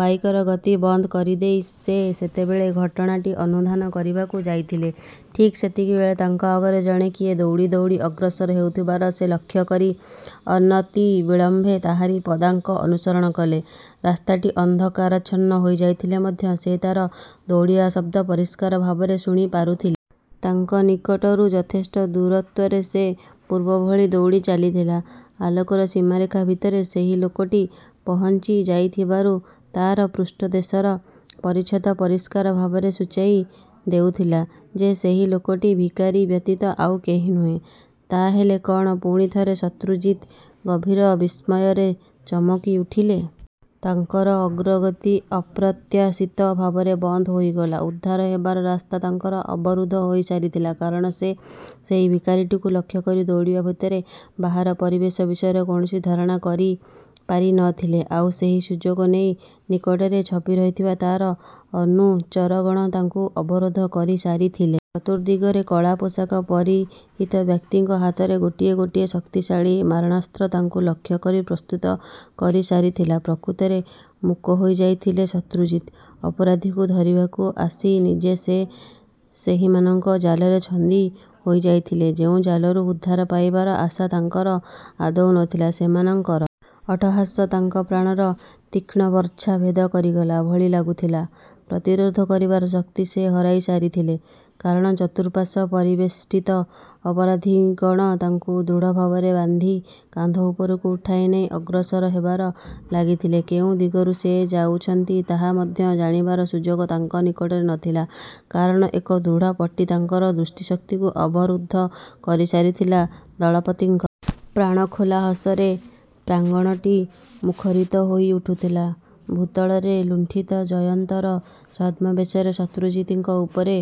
ବାଇକ୍‌ର ଗତି ବନ୍ଦ କରିଦେଇ ସେ ସେତେବେଳେ ଘଟଣାଟି ଅନୁଧ୍ୟାନ କରିବାକୁ ଯାଇଥିଲେ, ଠିକ୍ ସେତିକିବେଳେ ତାଙ୍କ ଆଗରେ ଜଣେ କିଏ ଦୌଡ଼ି ଦୌଡ଼ି ଅଗ୍ରସର ହେଉଥିବାର ସେ ଲକ୍ଷ୍ୟ କରି ଅନତିବିଳମ୍ବେ ତାହାରି ପଦାଙ୍କ ଅନୁସରଣ କଲେ। ରାସ୍ତାଟି ଅନ୍ଧକାରାଚ୍ଛନ୍ନ ହୋଇଯାଇଥିଲେ ମଧ୍ୟ ସେ ତାର ଦୌଡ଼ିବା ଶବ୍ଦ ପରିଷ୍କାର ଭାବରେ ଶୁଣିପାରୁଥିଲ୍। ତାଙ୍କ ନିକଟରୁ ଯଥେଷ୍ଟ ଦୂରତ୍ୱରେ ସେ ପୂର୍ବଭଳି ଦୌଡ଼ି ଚାଲିଥିଲା। ଆଲୋକର ସୀମାରେଖା ଭିତରେ ସେହି ଲୋକଟି ପହଞ୍ଚିଯାଇଥିବାରୁ ତାର ପୃଷ୍ଠଦେଶର ପରିଚ୍ଛଦ ପରିଷ୍କାର ଭାବରେ ସୂଚାଇ ଦେଉଥିଲା ଯେ, ସେହି ଲୋକଟି ଭିକାରୀ ବ୍ୟତୀତ ଆଉ କେହି ନୁହେଁ। ତାହେଲେ କଣ? ପୁଣିଥରେ ଶତ୍ରୁଜିତ୍ ଗଭୀର ବିସ୍ମୟରେ ଚମକିଉଠିଲେ। ତାଙ୍କର ଅଗ୍ରଗତି ଅପ୍ରତ୍ୟାଶିତ ଭାବରେ ବନ୍ଦ ହୋଇଗଲା। ଉଦ୍ଧାର ହେବାର ରାସ୍ତା ତାଙ୍କର ଅବରୁଦ୍ଧ ହୋଇସାରିଥିଲା, କାରଣ ସେ ସେଇ ଭିକାରୀଟିକୁ ଲକ୍ଷ୍ୟ କରି ଦୌଡ଼ିବା ଭିତରେ ବାହାର ପରିବେଶ ବିଷୟରେ କୌଣସି ଧାରଣା କରିପାରି ନ ଥିଲେ। ଆଉ ସେହି ସୁଯୋଗ ନେଇ ନିକଟରେ ଛପିରହିଥିବା ତାର ଅନୁଚରଗଣ ତାଙ୍କୁ ଅବରୋଧ କରିସାରିଥିଲେ। ଚତୁର୍ଦ୍ଦିଗରେ କଳା ପୋଷାକ ପରିହିତ ବ୍ୟକ୍ତିଙ୍କ ହାତରେ ଗୋଟିଏ ଗୋଟିଏ ଶକ୍ତିଶାଳୀ ମାରଣାସ୍ତ୍ର ତାଙ୍କୁ ଲକ୍ଷ୍ୟ କରି ପ୍ରସ୍ତୁତ କରିସାରିଥିଲା। ପ୍ରକୃତରେ ମୂକ ହୋଇଯାଇଥିଲେ ଶତ୍ରୁଜିତ୍। ଅପରାଧୀକୁ ଧରିବାକୁ ଆସି ନିଜେ ସେ ସେହିମାନଙ୍କ ଜାଲରେ ଛନ୍ଦି ହୋଇଯାଇଥିଲେ, ଯେଉଁ ଜାଲରୁ ଉଦ୍ଧାର ପାଇବାର ଆଶା ତାଙ୍କର ଆଦୌ ନ ଥିଲା। ସେମାନଙ୍କର ଅଟ୍ଟହାସ ତାଙ୍କ ପ୍ରାଣର ତୀକ୍ଷ୍ଣ ବର୍ଚ୍ଛା ଭେଦ କରିଗଲା ଭଳି ଲାଗୁଥିଲା। ପ୍ରତିରୋଧ କରିବାର ଶକ୍ତି ସେ ହରାଇସାରିଥିଲେ, କାରଣ ଚତୁଃପାର୍ଶ୍ୱ ପରିବେଷ୍ଟିତ ଅପରାଧୀଗଣ ତାଙ୍କୁ ଦୃଢ଼ଭାବରେ ବାନ୍ଧି କାନ୍ଧ ଉପରକୁ ଉଠାଇ ନେଇ ଅଗ୍ରସର ହେବାର ଲାଗିଥିଲେ। କେଉଁ ଦିଗକୁ ସେ ଯାଉଛନ୍ତି ତାହା ମଧ୍ୟ ଜାଣିବାର ସୁଯୋଗ ତାଙ୍କ ନିକଟରେ ନ ଥିଲା, କାରଣ ଏକ ଦୃଢ଼ ପଟି ତାଙ୍କର ଦୃଷ୍ଟିଶକ୍ତିକୁ ଅବରୁଦ୍ଧ କରିସାରିଥିଲା। ଦଳପତିଙ୍କ ପ୍ରାଣଖୋଲା ହସରେ ପ୍ରାଙ୍ଗଣଟି ମୁଖରିତ ହୋଇଉଠୁଥିଲା। ଭୂତଳରେ ଲୁଣ୍ଠିତ ଜୟନ୍ତର ଛଦ୍ମବେଶରେ ଶତ୍ରୁଜିତ୍‌ଙ୍କ ଉପରେ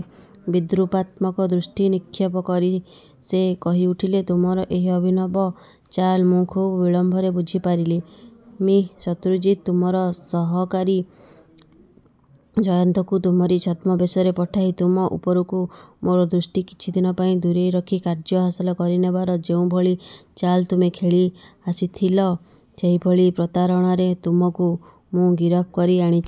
ବିଦ୍ରୂପାତ୍ମକ ଦୃଷ୍ଟି ନିକ୍ଷେପ କରି ସେ କହି ଉଠିଲେ ତୁମର ଏହି ଅଭିନବ ଚାଲ୍ ମୁଁ ଖୁବ୍ ବିଳମ୍ବରେ ବୁଝିପାରିଲି ମି ଶତ୍ରୁଜିତ୍। ତୁମର ସହକାରୀ ଜୟନ୍ତଙ୍କୁ ତୁମରି ଛଦ୍ମବେଶରେ ପଠାଇ ତୁମ ଉପରୁ ମୋର ଦୃଷ୍ଟି କିଛି ଦିନ ପାଇଁ ଦୂରେଇ ରଖି କାର୍ଯ୍ୟ ହାସଲ କରିନେବାର ଯେଉଁଭଳି ଚାଲ୍ ତୁମେ ଖେଳି ଆସିଥିଲ, ସେହିଭଳି ପ୍ରତାରଣାରେ ତୁମକୁ ମୁଁ ଗିରଫ କରି ଆଣିଛି।